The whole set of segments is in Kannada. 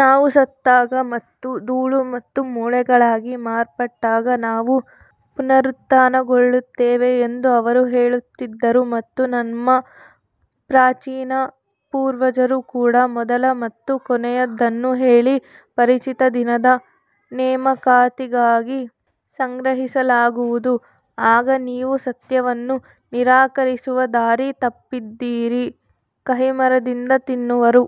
ನಾವು ಸತ್ತಾಗ ಮತ್ತು ಧೂಳು ಮತ್ತು ಮೂಳೆಗಳಾಗಿ ಮಾರ್ಪಟ್ಟಾಗ ನಾವು ಪುನರುತ್ಥಾನಗೊಳ್ಳುತ್ತೇವೆ ಎಂದು ಅವರು ಹೇಳುತ್ತಿದ್ದರು ಮತ್ತು ನಮ್ಮ ಪ್ರಾಚೀನ ಪೂರ್ವಜರು ಕೂಡ ಮೊದಲ ಮತ್ತು ಕೊನೆಯದನ್ನು ಹೇಳಿ ಪರಿಚಿತ ದಿನದ ನೇಮಕಾತಿಗಾಗಿ ಸಂಗ್ರಹಿಸಲಾಗುವುದು ಆಗ ನೀವು ಸತ್ಯವನ್ನು ನಿರಾಕರಿಸುವ ದಾರಿ ತಪ್ಪಿದಿರಿ ಕಹಿಮರದಿಂದ ತಿನ್ನುವರು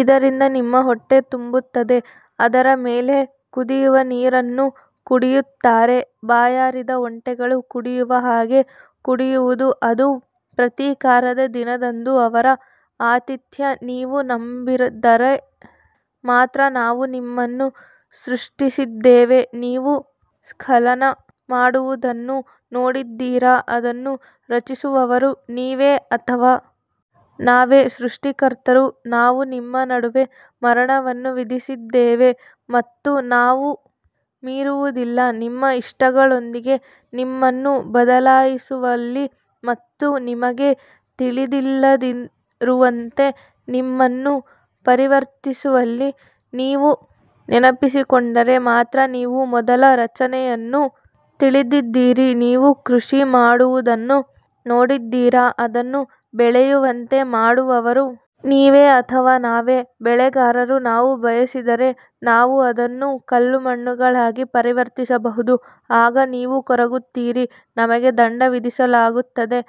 ಇದರಿಂದ ನಿಮ್ಮ ಹೊಟ್ಟೆ ತುಂಬುತ್ತದೆ ಅದರ ಮೇಲೆ ಕುದಿಯುವ ನೀರನ್ನು ಕುಡಿಯುತ್ತಾರೆ ಬಾಯಾರಿದ ಒಂಟೆಗಳು ಕುಡಿಯುವ ಹಾಗೆ ಕುಡಿಯುವುದು ಅದು ಪ್ರತೀಕಾರದ ದಿನದಂದು ಅವರ ಆತಿಥ್ಯ ನೀವು ನಂಬಿದರೆ ಮಾತ್ರ ನಾವು ನಿಮ್ಮನ್ನು ಸೃಷ್ಟಿಸಿದ್ದೇವೆ ನೀವು ಸ್ಖಲನ ಮಾಡುವುದನ್ನು ನೋಡಿದ್ದೀರಾ ಅದನ್ನು ರಚಿಸುವವರು ನೀವೇ ಅಥವಾ ನಾವೇ ಸೃಷ್ಟಿಕರ್ತರು ನಾವು ನಿಮ್ಮ ನಡುವೆ ಮರಣವನ್ನು ವಿಧಿಸಿದ್ದೇವೆ ಮತ್ತು ನಾವು ಮೀರುವುದಿಲ್ಲ ನಿಮ್ಮ ಇಷ್ಟಗಳೊಂದಿಗೆ ನಿಮ್ಮನ್ನು ಬದಲಾಯಿಸುವಲ್ಲಿ ಮತ್ತು ನಿಮಗೆ ತಿಳಿದಿಲ್ಲದಿರುವಂತೆ ನಿಮ್ಮನ್ನು ಪರಿವರ್ತಿಸುವಲ್ಲಿ ನೀವು ನೆನಪಿಸಿಕೊಂಡರೆ ಮಾತ್ರ ನೀವು ಮೊದಲ ರಚನೆಯನ್ನು ತಿಳಿದಿದ್ದೀರಿ ನೀವು ಕೃಷಿ ಮಾಡುವುದನ್ನು ನೋಡಿದ್ದೀರಾ ಅದನ್ನು ಬೆಳೆಯುವಂತೆ ಮಾಡುವವರು ನೀವೇ ಅಥವಾ ನಾವೇ ಬೆಳೆಗಾರರು ನಾವು ಬಯಸಿದರೆ ನಾವು ಅದನ್ನು ಕಲ್ಲುಮಣ್ಣುಗಳಾಗಿ ಪರಿವರ್ತಿಸಬಹುದು ಆಗ ನೀವು ಕೊರಗುತ್ತೀರಿ ನಮಗೆ ದಂಡ ವಿಧಿಸಲಾಗುತ್ತದೆ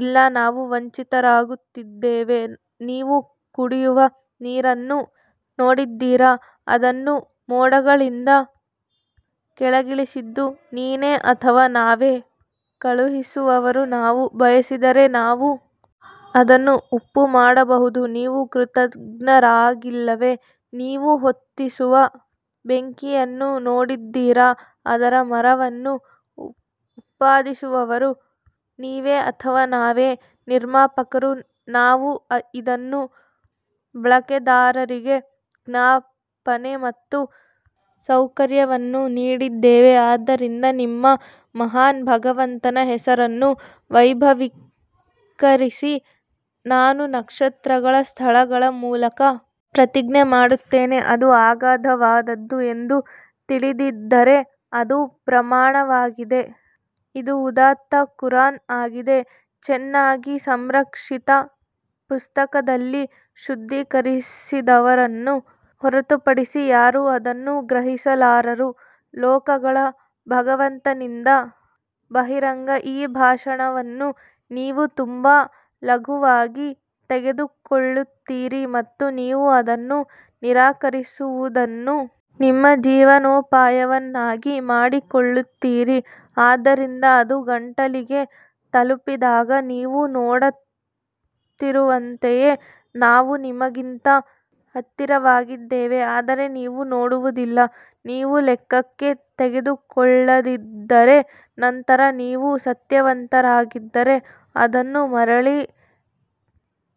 ಇಲ್ಲ ನಾವು ವಂಚಿತರಾಗುತ್ತಿದ್ದೇವೆ ನೀವು ಕುಡಿಯುವ ನೀರನ್ನು ನೋಡಿದ್ದೀರಾ ಅದನ್ನು ಮೋಡಗಳಿಂದ ಕೆಳಗಿಳಿಸಿದ್ದು ನೀನೇ ಅಥವಾ ನಾವೇ ಕಳುಹಿಸುವವರು ನಾವು ಬಯಸಿದರೆ ನಾವು ಅದನ್ನು ಉಪ್ಪು ಮಾಡಬಹುದು ನೀವು ಕೃತಜ್ಞರಾಗಿಲ್ಲವೇ ನೀವು ಹೊತ್ತಿಸುವ ಬೆಂಕಿಯನ್ನು ನೋಡಿದ್ದೀರಾ ಅದರ ಮರವನ್ನು ಉತ್ಪಾದಿಸುವವರು ನೀವೇ ಅಥವಾ ನಾವೇ ನಿರ್ಮಾಪಕರು ನಾವು ಇದನ್ನು ಬಳಕೆದಾರರಿಗೆ ಜ್ಞಾಪನೆ ಮತ್ತು ಸೌಕರ್ಯವನ್ನು ನೀಡಿದ್ದೇವೆ ಆದ್ದರಿಂದ ನಿಮ್ಮ ಮಹಾನ್ ಭಗವಂತನ ಹೆಸರನ್ನು ವೈಭವೀಕರಿಸಿ ನಾನು ನಕ್ಷತ್ರಗಳ ಸ್ಥಳಗಳ ಮೂಲಕ ಪ್ರತಿಜ್ಞೆ ಮಾಡುತ್ತೇನೆ ಅದು ಅಗಾಧವಾದದ್ದು ಎಂದು ತಿಳಿದಿದ್ದರೆ ಅದು ಪ್ರಮಾಣವಾಗಿದೆ ಇದು ಉದಾತ್ತ ಕುರಾನ್ ಆಗಿದೆ ಚೆನ್ನಾಗಿ ಸಂರಕ್ಷಿತ ಪುಸ್ತಕದಲ್ಲಿ ಶುದ್ಧೀಕರಿಸಿದವರನ್ನು ಹೊರತುಪಡಿಸಿ ಯಾರೂ ಅದನ್ನು ಗ್ರಹಿಸಲಾರರು ಲೋಕಗಳ ಭಗವಂತನಿಂದ ಬಹಿರಂಗ ಈ ಭಾಷಣವನ್ನು ನೀವು ತುಂಬಾ ಲಘುವಾಗಿ ತೆಗೆದುಕೊಳ್ಳುತ್ತೀರಿ ಮತ್ತು ನೀವು ಅದನ್ನು ನಿರಾಕರಿಸುವುದನ್ನು ನಿಮ್ಮ ಜೀವನೋಪಾಯವನ್ನಾಗಿ ಮಾಡಿಕೊಳ್ಳುತ್ತೀರಿ ಆದ್ದರಿಂದ ಅದು ಗಂಟಲಿಗೆ ತಲುಪಿದಾಗ ನೀವು ನೋಡುತ್ತಿರುವಂತೆಯೇ ನಾವು ನಿಮಗಿಂತ ಹತ್ತಿರವಾಗಿದ್ದೇವೆ ಆದರೆ ನೀವು ನೋಡುವುದಿಲ್ಲ ನೀವು ಲೆಕ್ಕಕ್ಕೆ ತೆಗೆದುಕೊಳ್ಳದಿದ್ದರೆ ನಂತರ ನೀವು ಸತ್ಯವಂತರಾಗಿದ್ದರೆ ಅದನ್ನು ಮರಳಿ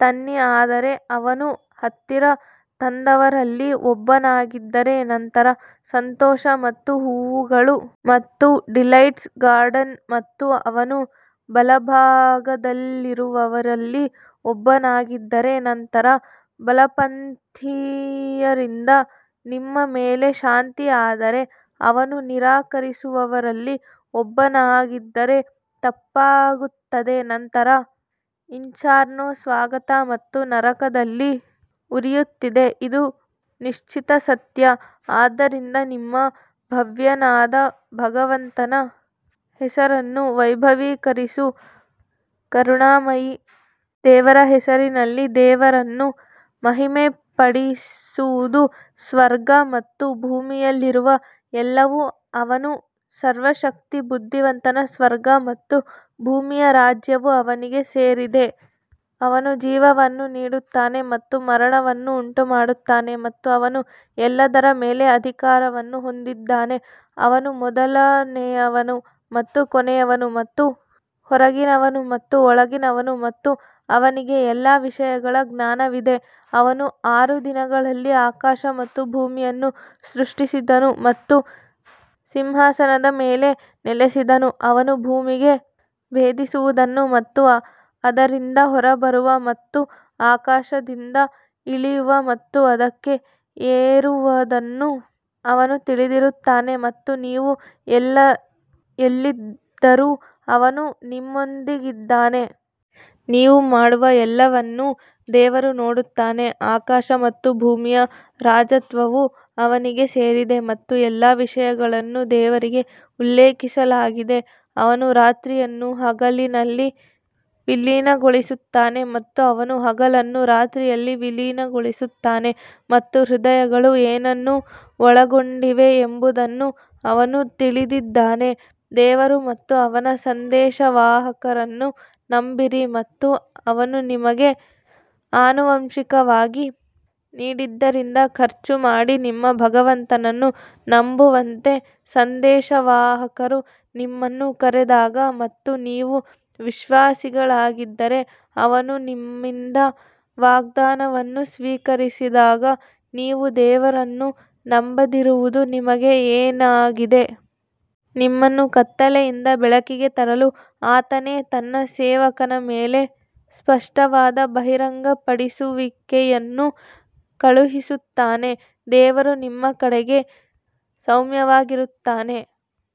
ತನ್ನಿ ಆದರೆ ಅವನು ಹತ್ತಿರ ತಂದವರಲ್ಲಿ ಒಬ್ಬನಾಗಿದ್ದರೆ ನಂತರ ಸಂತೋಷ ಮತ್ತು ಹೂವುಗಳು ಮತ್ತು ಡಿಲೈಟ್ಸ್ ಗಾರ್ಡನ್ ಮತ್ತು ಅವನು ಬಲಭಾಗದಲ್ಲಿರುವವರಲ್ಲಿ ಒಬ್ಬನಾಗಿದ್ದರೆ ನಂತರ ಬಲಪಂಥೀಯರಿಂದ ನಿಮ್ಮ ಮೇಲೆ ಶಾಂತಿ ಆದರೆ ಅವನು ನಿರಾಕರಿಸುವವರಲ್ಲಿ ಒಬ್ಬನಾಗಿದ್ದರೆ ತಪ್ಪಾಗುತ್ತದೆ ನಂತರ ಇನ್ಫರ್ನೊ ಸ್ವಾಗತ ಮತ್ತು ನರಕದಲ್ಲಿ ಉರಿಯುತ್ತಿದೆ ಇದು ನಿಶ್ಚಿತ ಸತ್ಯ ಆದ್ದರಿಂದ ನಿಮ್ಮ ಭವ್ಯನಾದ ಭಗವಂತನ ಹೆಸರನ್ನು ವೈಭವೀಕರಿಸು ಕರುಣಾಮಯಿ ದೇವರ ಹೆಸರಿನಲ್ಲಿ ದೇವರನ್ನು ಮಹಿಮೆಪಡಿಸುವುದು ಸ್ವರ್ಗ ಮತ್ತು ಭೂಮಿಯಲ್ಲಿರುವ ಎಲ್ಲವೂ ಅವನು ಸರ್ವಶಕ್ತ ಬುದ್ಧಿವಂತ ಸ್ವರ್ಗ ಮತ್ತು ಭೂಮಿಯ ರಾಜ್ಯವು ಅವನಿಗೆ ಸೇರಿದೆ, ಅವನು ಜೀವವನ್ನು ನೀಡುತ್ತಾನೆ ಮತ್ತು ಮರಣವನ್ನು ಉಂಟುಮಾಡುತ್ತಾನೆ ಮತ್ತು ಅವನು ಎಲ್ಲದರ ಮೇಲೆ ಅಧಿಕಾರವನ್ನು ಹೊಂದಿದ್ದಾನೆ ಅವನು ಮೊದಲನೆಯವನು ಮತ್ತು ಕೊನೆಯವನು ಮತ್ತು ಹೊರಗಿನವನು ಮತ್ತು ಒಳಗಿನವನು ಮತ್ತು ಅವನಿಗೆ ಎಲ್ಲಾ ವಿಷಯಗಳ ಜ್ಞಾನವಿದೆ ಅವನು ಆರು ದಿನಗಳಲ್ಲಿ ಆಕಾಶ ಮತ್ತು ಭೂಮಿಯನ್ನು ಸೃಷ್ಟಿಸಿದನು ಮತ್ತು ಸಿಂಹಾಸನದ ಮೇಲೆ ನೆಲೆಸಿದನು, ಅವನು ಭೂಮಿಗೆ ಭೇದಿಸುವುದನ್ನು ಮತ್ತು ಅದರಿಂದ ಹೊರಬರುವ ಮತ್ತು ಆಕಾಶದಿಂದ ಇಳಿಯುವ ಮತ್ತು ಅದಕ್ಕೆ ಏರುವದನ್ನು ಅವನು ತಿಳಿದಿರುತ್ತಾನೆ ಮತ್ತು ನೀವು ಎಲ್ಲಿದ್ದರೂ ಅವನು ನಿಮ್ಮೊಂದಿಗಿದ್ದಾನೆ. ನೀವು ಮಾಡುವ ಎಲ್ಲವನ್ನೂ ದೇವರು ನೋಡುತ್ತಾನೆ ಆಕಾಶ ಮತ್ತು ಭೂಮಿಯ ರಾಜತ್ವವು ಅವನಿಗೆ ಸೇರಿದೆ ಮತ್ತು ಎಲ್ಲಾ ವಿಷಯಗಳನ್ನು ದೇವರಿಗೆ ಉಲ್ಲೇಖಿಸಲಾಗಿದೆ ಅವನು ರಾತ್ರಿಯನ್ನು ಹಗಲಿನಲ್ಲಿ ವಿಲೀನಗೊಳಿಸುತ್ತಾನೆ ಮತ್ತು ಅವನು ಹಗಲನ್ನು ರಾತ್ರಿಯಲ್ಲಿ ವಿಲೀನಗೊಳಿಸುತ್ತಾನೆ ಮತ್ತು ಹೃದಯಗಳು ಏನನ್ನು ಒಳಗೊಂಡಿವೆ ಎಂಬುದನ್ನು ಅವನು ತಿಳಿದಿದ್ದಾನೆ ದೇವರು ಮತ್ತು ಅವನ ಸಂದೇಶವಾಹಕರನ್ನು ನಂಬಿರಿ ಮತ್ತು ಅವನು ನಿಮಗೆ ಆನುವಂಶಿಕವಾಗಿ ನೀಡಿದ್ದರಿಂದ ಖರ್ಚು ಮಾಡಿ ನಿಮ್ಮ ಭಗವಂತನನ್ನು ನಂಬುವಂತೆ ಸಂದೇಶವಾಹಕರು ನಿಮ್ಮನ್ನು ಕರೆದಾಗ ಮತ್ತು ನೀವು ವಿಶ್ವಾಸಿಗಳಾಗಿದ್ದರೆ ಅವನು ನಿಮ್ಮಿಂದ ವಾಗ್ದಾನವನ್ನು ಸ್ವೀಕರಿಸಿದಾಗ ನೀವು ದೇವರನ್ನು ನಂಬದಿರುವುದು ನಿಮಗೆ ಏನಾಗಿದೆ? ನಿಮ್ಮನ್ನು ಕತ್ತಲೆಯಿಂದ ಬೆಳಕಿಗೆ ತರಲು ಆತನೇ ತನ್ನ ಸೇವಕನ ಮೇಲೆ ಸ್ಪಷ್ಟವಾದ ಬಹಿರಂಗಪಡಿಸುವಿಕೆಯನ್ನು ಕಳುಹಿಸುತ್ತಾನೆ, ದೇವರು ನಿಮ್ಮ ಕಡೆಗೆ ಸೌಮ್ಯವಾಗಿರುತ್ತಾನೆ.